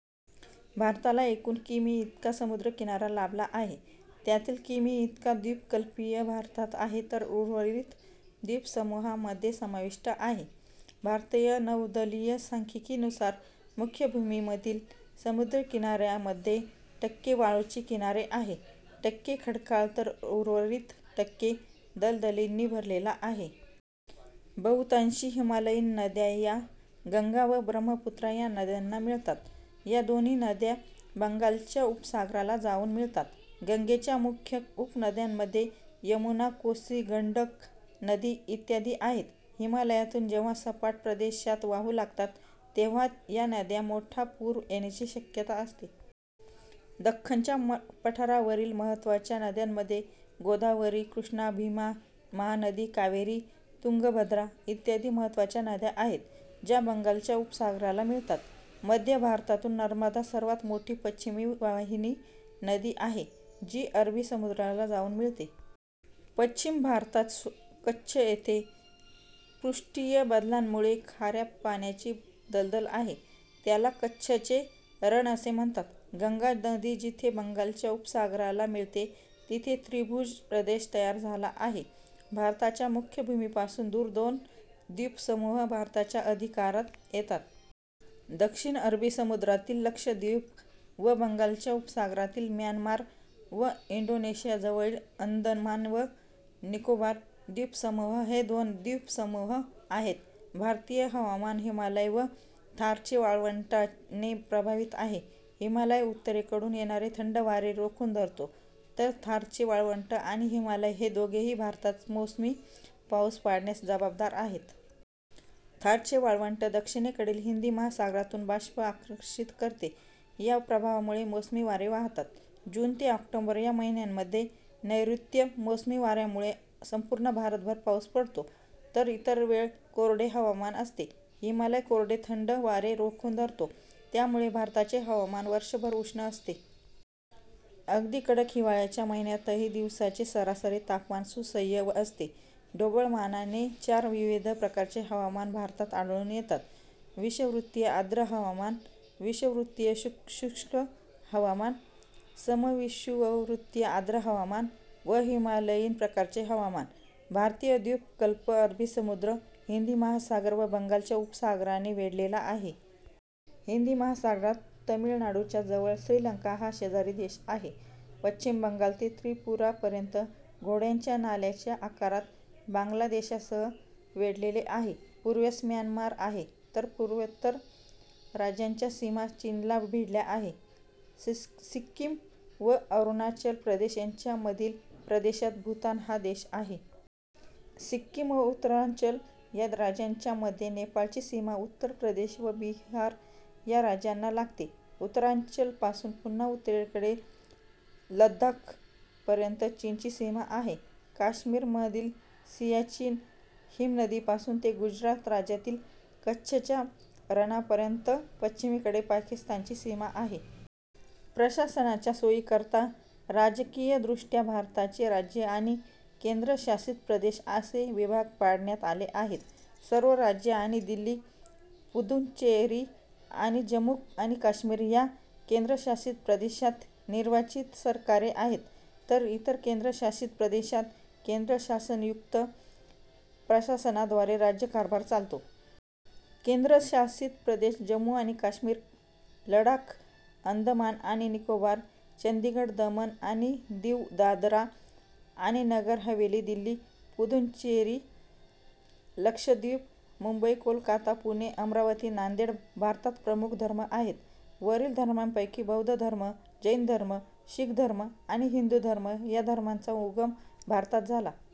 भारताला एकूण कि. मी. इतका समुद्रकिनारा लाभला आहे. त्यातील कि. मी. इतका द्वीपकल्पीय भारतात आहे तर उर्वरित द्वीपसमूहांमध्ये समाविष्ट आहे. भारतीय नौदलीय सांख्यिकीनुसार मुख्यभूमीमधील समुद्रकिनाऱ्यामध्ये टक्के वाळूचे किनारे आहे, टक्के खडकाळ तर उर्वरित टक्के दलदलींनी भरलेला आहे. बहुतांशी हिमालयीन नद्या या गंगा व ब्रम्हपुत्रा या नद्यांना मिळतात. या दोन्ही नद्या बंगालच्या उपसागराला जाउन मिळतात. गंगेच्या मुख्य उपनद्यांमध्ये यमुना, कोसी, गंडक नदी इत्यादी आहेत. हिमालयातून जेव्हा सपाट प्रदेशात वाहू लागतात तेव्हा या नद्या मोठा पूर येण्याची शक्यता असते. दख्खनच्या पठारावरील मह्त्वाच्या नद्यांमध्ये गोदावरी, कृष्णा, भीमा, महानदी, कावेरी, तुंगभद्रा इत्यादी महत्त्वाच्या नद्या आहेत ज्या बंगालच्या उपसागराला मिळतात. मध्य भारतातून नर्मदा सर्वांत मोठी पश्चिम वाहिनी नदी आहे जी अरबी समुद्राला जाऊन मिळते. पश्चिम भारतात कच्छ येथे पृष्ठीय बदलांमुळे खाऱ्यापाण्याची दलदल आहे त्याला कच्छचे रण असे म्हणतात. गंगा नदी जिथे बंगालच्या उपसागराला मिळते तिथे त्रिभुज प्रदेश तयार झाला आहे. भारताच्या मुख्य भूमीपासून दूर दोन द्वीपसमूह भारताच्या अधिकारात येतात. दक्षिण अरबी समुद्रातील लक्षद्वीप व बंगालच्या उपसागरातील म्यानमार व इंडोनेशियाजवळील अंदमान व निकोबार द्वीपसमूह हे दोन द्वीपसमूह आहेत. भारतीय हवामान हिमालय व थारचे वाळवंटाने प्रभावित आहे. हिमालय उत्तरेकडून येणारे थंड वारे रोखून धरतो तर थारचे वाळवंट आणि हिमालय हे दोघेही भारतात मोसमी पाऊस पडण्यास जवाबदार आहेत. थारचे वाळवंट दक्षिणेकडील हिंदी महासागरातून बाष्प आकर्षित करते, या प्रभावामुळे मोसमी वारे वाहतात. जून ते ऑक्टोबर या महिन्यांमध्ये नैऋत्य मोसमी वाऱ्यांमुळे संपूर्ण भारतभर पाउस पडतो तर इतर वेळ कोरडे हवामान असते. हिमालय कोरडे थंड वारे रोखून धरतो त्यामुळे भारताचे हवामान वर्षभर उष्ण असते. अगदी कडक हिवाळ्याच्या महिन्यातही दिवसाचे सरासरी तापमान सुसह्य असते. ढोबळमानाने चार विविध प्रकारचे हवामान भारतात आढळून येतात विषवृतीय आर्द्र हवामान, विषुववृत्तीय शुष्क हवामान, समविषुववृतीय आर्द्र हवामान व हिमालयीन प्रकारचे हवामान. भारतीय द्वीपकल्प अरबी समुद्र, हिंदी महासागर व बंगालच्या उपसागराने वेढलेला आहे. हिंदी महासागरात तमिळनाडूच्या जवळ श्रीलंका हा शेजारी देश आहे. पश्चिम बंगाल ते त्रिपुरा पर्यंत घोड्यांच्या नाल्याच्या आकारात बांगलादेशास वेढलेले आहे. पूर्वेस म्यानमार आहे तर पूर्वोत्तर राज्यांच्या सीमा चीनला भीडल्या आहे. सिक्कीम व अरुणाचल प्रदेश यंच्यामधील प्रदेशात भूतान हा देश आहे. सिक्कीम व उत्तरांचल ह्या राज्यांच्या मध्ये नेपाळची सीमा उत्तर प्रदेश व बिहार या राज्यांना लागते. उत्तरांचल पासून पुन्हा उत्तरेकडे लद्दाख पर्यंत चीनची सीमा आहे. काश्मीर मधील सियाचीन हिमनदीपासून ते गुजरात राज्यातील कच्छच्या रणापर्यंत पश्चिमेकडे पाकिस्तानची सीमा आहे. प्रशासनाच्या सोयीकरता राजकीयदृष्ट्या भारताचे राज्ये आणि केंद्रशासित प्रदेश असे विभाग पाडण्यात आले आहेत. सर्व राज्ये आणि दिल्ली, पुद्दुचेरी आणि जम्मू आणि काश्मीर ह्या केंद्रशासित प्रदेशांत निर्वाचित सरकारे आहेत; तर इतर केंद्रशासित प्रदेशांत केंद्र शासननियुक्त प्रशासनाद्वारे राज्यकारभार चालतो. केंद्रशासित प्रदेश जम्मू आणि काश्मीर लडाख अंदमान आणि निकोबार चंदीगढ दमण आणि दीव दादरा आणि नगर हवेली दिल्ली पुद्दुचेरी लक्षद्वीप मुंबई कोलकाता पुणे अमरावती नांदेड भारतात प्रमुख धर्म आहेत: वरील धर्मांपैकी बौद्ध धर्म, जैन धर्म, शीख धर्म आणि हिंदू धर्म या धर्मांचा उगम भारतात झाला.